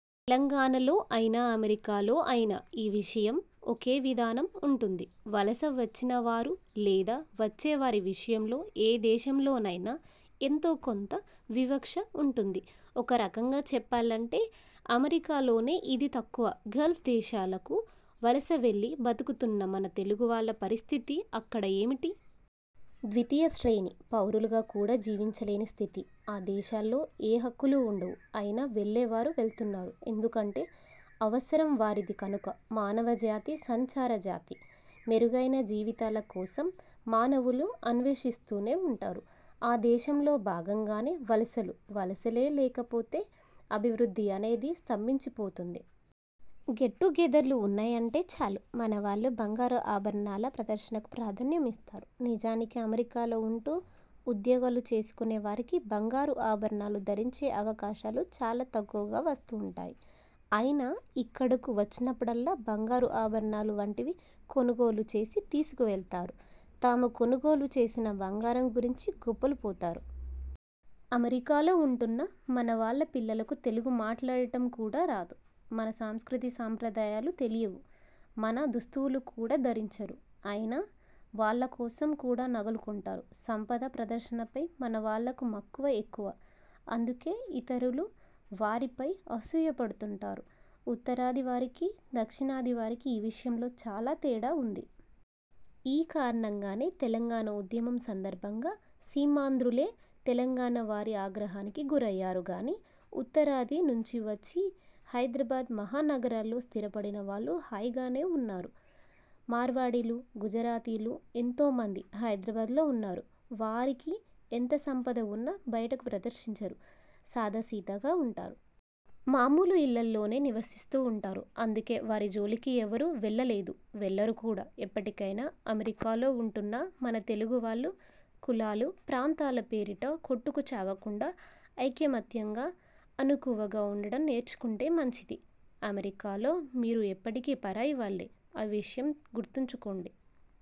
తెలంగాణలో అయినా, అమెరికాలో అయినా ఈ విషయంలో ఒకే విధానం ఉంటుంది. వలస వచ్చినవారు, లేదా వచ్చేవారి విషయంలో ఏ దేశంలోనైనా ఎంతో కొంత వివక్ష ఉంటుంది. ఒక రకంగా చెప్పాలంటే అమెరికాలోనే ఇది తక్కువ. గల్ఫ్ దేశాలకు వలసవెళ్లి బతుకుతున్న మన తెలుగువాళ్ల పరిస్థితి అక్కడ ఏమిటి? ద్వితీయ శ్రేణి పౌరులుగా కూడా జీవించలేని స్థితి. ఆ దేశాలలో ఏ హక్కులూ ఉండవు. అయినా వెళ్లేవారు వెళుతున్నారు. ఎందుకంటే అవసరం వారిది కనుక! మానవ జాతి సంచార జాతి. మెరుగైన జీవితాల కోసం మానవులు అన్వేషిస్తూనే ఉంటారు. అందులో భాగంగానే వలసలు. వలసలే లేకపోతే అభివృద్ధి అనేది స్తంభించిపోతుంది. గెట్ టు గెదర్లు ఉన్నాయంటే చాలు మనవాళ్లు బంగారు ఆభరణాల ప్రదర్శనకు ప్రాధాన్యం ఇస్తారు. నిజానికి అమెరికాలో ఉంటూ ఉద్యోగాలు చేసుకునేవారికి బంగారు ఆభరణాలు ధరించే అవకాశాలు చాలా తక్కువగా వస్తుంటాయి. అయినా ఇక్కడకు వచ్చినప్పుడల్లా బంగారు ఆభరణాలు వంటివి కొనుగోలు చేసి తీసుకువెళతారు. తాము కొనుగోలు చేసిన బంగారం గురించి గొప్పలు పోతారు. అమెరికాలో ఉంటున్న మనవాళ్ల పిల్లలకు తెలుగు మాట్లాడటం కూడా రాదు. మన సంస్కృతీ సంప్రదాయాలు తెలియవు. మన దుస్తులు। కూడా ధరించరు. అయినా వాళ్లకోసం కూడా నగలు కొంటారు. సంపద ప్రదర్శనపై మనవాళ్లకు మక్కువ ఎక్కువ. అందుకే ఇతరులు వారిపై అసూయపడుతుంటారు. ఉత్తరాది వారికి, దక్షిణాది వారికి ఈ విషయంలో చాలా తేడా ఉంది. ఈ కారణంగానే తెలంగాణ ఉద్యమం సందర్భంగా సీమాంధ్రులే తెలంగాణవారి ఆగ్రహానికి గురయ్యారు గానీ, ఉత్తరాది నుంచి వచ్చి హైదరాబాద్ మహా నగరంలో స్థిరపడినవాళ్లు హాయిగానే ఉన్నారు. మార్వాడీలు, గుజరాతీలు ఎంతో మంది హైదరాబాద్లో ఉన్నారు. వారికి ఎంత సంపద ఉన్నా బయటకు ప్రదర్శించరు. సాదాసీదాగా ఉంటారు. మామూలు ఇళ్లలోనే నివసిస్తూ ఉంటారు. అందుకే వారి జోలికి ఎవరూ వెళ్లలేదు. వెళ్లరు కూడా! ఇప్పటికైనా అమెరికాలో ఉంటున్న మన తెలుగువాళ్లు కులాలు, ప్రాంతాల పేరిట కొట్టుకు చావకుండా ఐకమత్యంగా, అణకువగా ఉండడం నేర్చుకుంటే మంచిది. అమెరికాలో మీరు ఎప్పటికీ పరాయివాళ్లే! ఆ విషయం గుర్తుంచుకోండి.